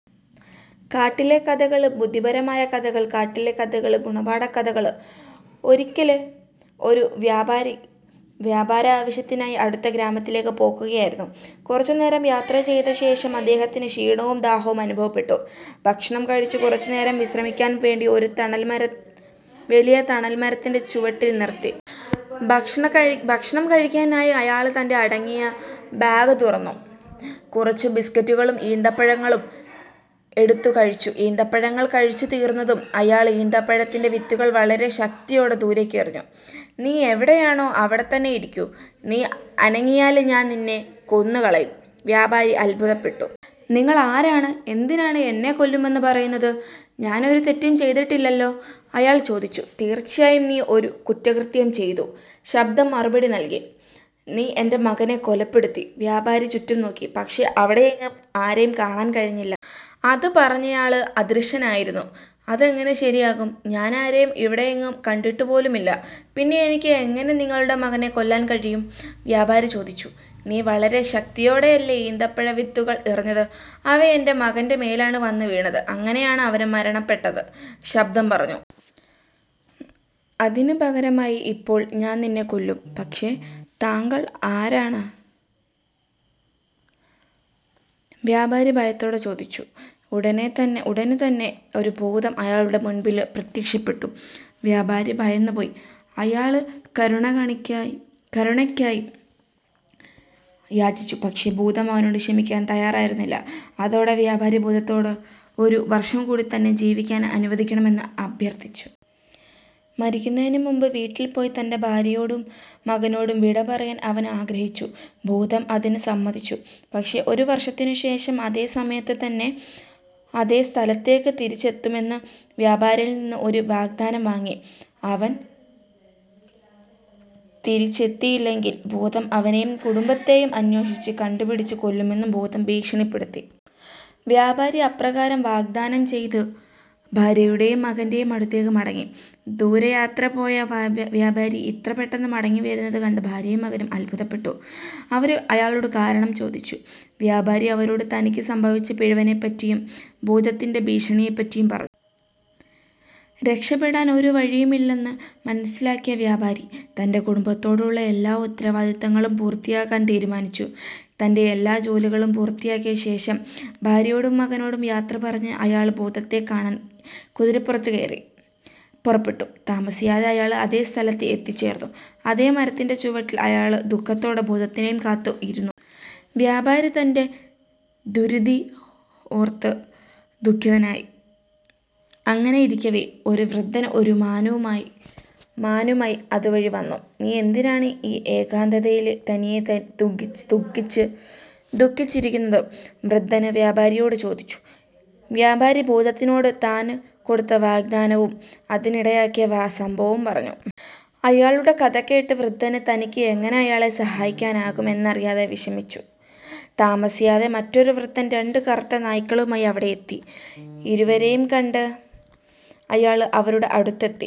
കാട്ടിലെ കഥകള് ബുദ്ധിപരമായ കഥകൾ കാട്ടിലെ കഥകള് ഗുണപാഠ കഥകള് ഒരിയ്ക്കല് ഒരു വ്യാപാരി വ്യാപാര ആവശ്യത്തിനായി അടുത്ത ഗ്രാമത്തിലേക്ക് പോകുകയായിരുന്നു. കുറച്ചു നേരം യാത്ര ചെയ്ത ശേഷം അദ്ദേഹത്തിന് ക്ഷീണവും ദാഹവും അനുഭവപ്പെട്ടു. ഭക്ഷണം കഴിച്ച് കുറച്ചു നേരം വിശ്രമിക്കാൻ വേണ്ടി ഒരു വലിയ തണൽ മരത്തിന്റെ ചുവട്ടിൽ നിർത്തി. ഭക്ഷണം കഴിക്കാനായി അയാള് തന്റെ അടങ്ങിയ ബാഗ് തുറന്നു. കുറച്ച് ബിസ്കറ്റുകളും ഈത്തപ്പഴങ്ങളും എടുത്തു കഴിച്ചു. ഈത്തപ്പഴങ്ങൾ കഴിച്ചു തീര്ന്നതും അയാള് ഈത്തപ്പഴത്തിന്റെ വിത്തുകൾ വളരെ ശക്തിയോടെ ദൂരെയ്ക്ക് എറിഞ്ഞു. "നീ എവിടെയാണോ അവിടെത്തന്നെ ഇരിക്കൂ. നീ അനങ്ങിയാല് ഞാൻ നിന്നെ കൊന്നു കളയും. " വ്യാപാരി അത്ഭുതപ്പെട്ടു. "നിങ്ങള് ആരാണ്? എന്തിനാണ് എന്നെ കൊല്ലുമെന്ന് പറയുന്നത്? ഞാൻ ഒരു തെറ്റും ചെയ്തിട്ടില്ലല്ലോ? " അയാൾ ചോദിച്ചു. "തീര്ച്ചയായും നീ ഒരു കുറ്റകൃത്യം ചെയ്തു," ശബ്ദം മറുപടി നൽകി. "നീ എന്റെ മകനെ കൊലപ്പെടുത്തി. " വ്യാപാരി ചുറ്റും നോക്കി, പക്ഷേ അവിടെയെങ്ങും ആരെയും കാണാൻ കഴിഞ്ഞില്ല. അത് പറഞ്ഞയാള് അദൃശ്യനായിരുന്നു. "അതെങ്ങിനെ ശരിയാകും. ഞാന് ആരെയും ഇവിടെയെങ്ങും കണ്ടിട്ടു പോലുമില്ല. പിന്നെ എനിക്ക് എങ്ങനെ നിങ്ങളുടെ മകനെ കൊല്ലാൻ കഴിയും? " വ്യാപാരി ചോദിച്ചു. "നീ വളരെ ശക്തിയോടെയല്ലേ ഈന്തപ്പഴ വിത്തുകൾ എറിഞ്ഞത്, അവ എന്റെ മകന്റെ മേലാണ് വന്നു വീണത്. അങ്ങിനെയാണ് അവന് മരണപ്പെട്ടത്," ശബ്ദം പറഞ്ഞു. " അതിന് പകരമായി ഇപ്പോൾ, ഞാൻ നിന്നെ കൊല്ലും. " "പക്ഷേ താങ്കള് ആരാണ്? " വ്യാപാരി ഭയത്തോടെ ചോദിച്ചു. ഉടന് തന്നെ ഒരു ഭൂതംഅയാളുടെ മുന്പില് പ്രത്യക്ഷപ്പെട്ടു. വ്യാപാരി ഭയന്നു പോയി. അയാള് കരുണയ്ക്കായി യാചിച്ചു. പക്ഷേ, ഭൂതം അവനോട് ക്ഷമിക്കാൻ തയ്യാറായിരുന്നില്ല. അതോടെ വ്യാപാരി ഭൂതത്തോട് ഒരു വർഷം കൂടി തന്നെ ജീവിക്കാന് അനുവദിക്കണമെന്ന് അഭ്യർത്ഥിച്ചു. മരിക്കുന്നതിന് മുമ്പ് വീട്ടിൽ പോയി തന്റെ ഭാര്യയോടും മകനോടും വിട പറയാൻ അവൻ ആഗ്രഹിച്ചു. ഭൂതം അതിന് സമ്മതിച്ചു. പക്ഷേ ഒരു വർഷത്തിനുശേഷം അതേ സമയത്ത് തന്നെ അതേ സ്ഥലത്തേക്ക് തിരിച്ചെത്തുമെന്ന് വ്യാപാരിയിൽ നിന്ന് ഒരു വാഗ്ദാനം വാങ്ങി. അവൻ തിരിച്ചെത്തിയില്ലെങ്കിൽ, ഭൂതം അവനെയും കുടുംബത്തെയും അന്വേഷിച്ച് കണ്ടുപിടിച്ച് കൊല്ലുമെന്നും ഭൂതം ഭീഷണിപ്പെടുത്തി. വ്യാപാരി അപ്രകാരം വാഗ്ദാനം ചെയ്ത് ഭാര്യയുടെയും മകന്റെയും അടുത്തേക്ക് മടങ്ങി. ദൂര യാത്ര പോയ വ്യാപാരി ഇത്ര പെട്ടെന്ന് മടങ്ങിവരുന്നത് കണ്ട് ഭാര്യയും മകനും അത്ഭുതപ്പെട്ടു. അവര് അയാളോട് കാരണം ചോദിച്ചു. വ്യാപാരി അവരോട് തനിക്ക് സംഭവിച്ച പിഴവിനെ പറ്റിയും, ഭൂതത്തിന്റെ ഭീഷണിയെ പറ്റിയും പറഞ്ഞു. രക്ഷപ്പെടാൻ ഒരു വഴിയുമില്ലെന്ന് മനസ്സിലാക്കിയ വ്യാപാരി തന്റെ കുടുംബത്തോടുള്ള എല്ലാ ഉത്തരവാദിത്തങ്ങളും പൂർത്തിയാക്കാൻ തീരുമാനിച്ചു. തന്റെ എല്ലാ ജോലികളും പൂർത്തിയാക്കിയ ശേഷം, ഭാര്യയോടും മകനോടും യാത്ര പറഞ്ഞ് അയാള് ഭൂതത്തെ കാണാൻ കുതിരപ്പുറത്ത് കയറി പുറപ്പെട്ടു. താമസിയാതെ അയാള് അതേ സ്ഥലത്ത് എത്തിച്ചെര്ന്നു, അതേ മരത്തിന്റെ ചുവട്ടിൽ അയാള് ദുഃഖത്തോടെ ഭൂതത്തിനെയും കാത്ത് ഇരുന്നു. വ്യാപാരി തന്റെ ദുര്വിധി ഓര്ത്ത് ദുഖിതനായി അങ്ങിനെ ഇരിക്കവേ, ഒരു വൃദ്ധൻ ഒരു മാനുമായി അത് വഴി വന്നു. "നീ എന്തിനാണ് ഈ ഏകാന്തതയില് തനിയെ ദുഖിച്ച് ഇരിക്കുന്നത്? " വൃദ്ധന് വ്യാപാരിയോട് ചോദിച്ചു. വ്യാപാരി ഭൂതത്തിനോട് താന് കൊടുത്ത വാഗ്ദാനവും അതിനിടയാക്കിയ സംഭവവും പറഞ്ഞു. അയാളുടെ കഥ കേട്ട വൃദ്ധന് തനിക്ക് എങ്ങിനെ അയാളെ സഹായിക്കാനാകും എന്നറിയാതെ വിഷമിച്ചു. താമസിയാതെ, മറ്റൊരു വൃദ്ധൻ രണ്ട് കറുത്ത നായ്ക്കളുമായി അവിടെയെത്തി. ഇരുവരെയും കണ്ട് അയാള് അവരുടെ അടുത്തെത്തി.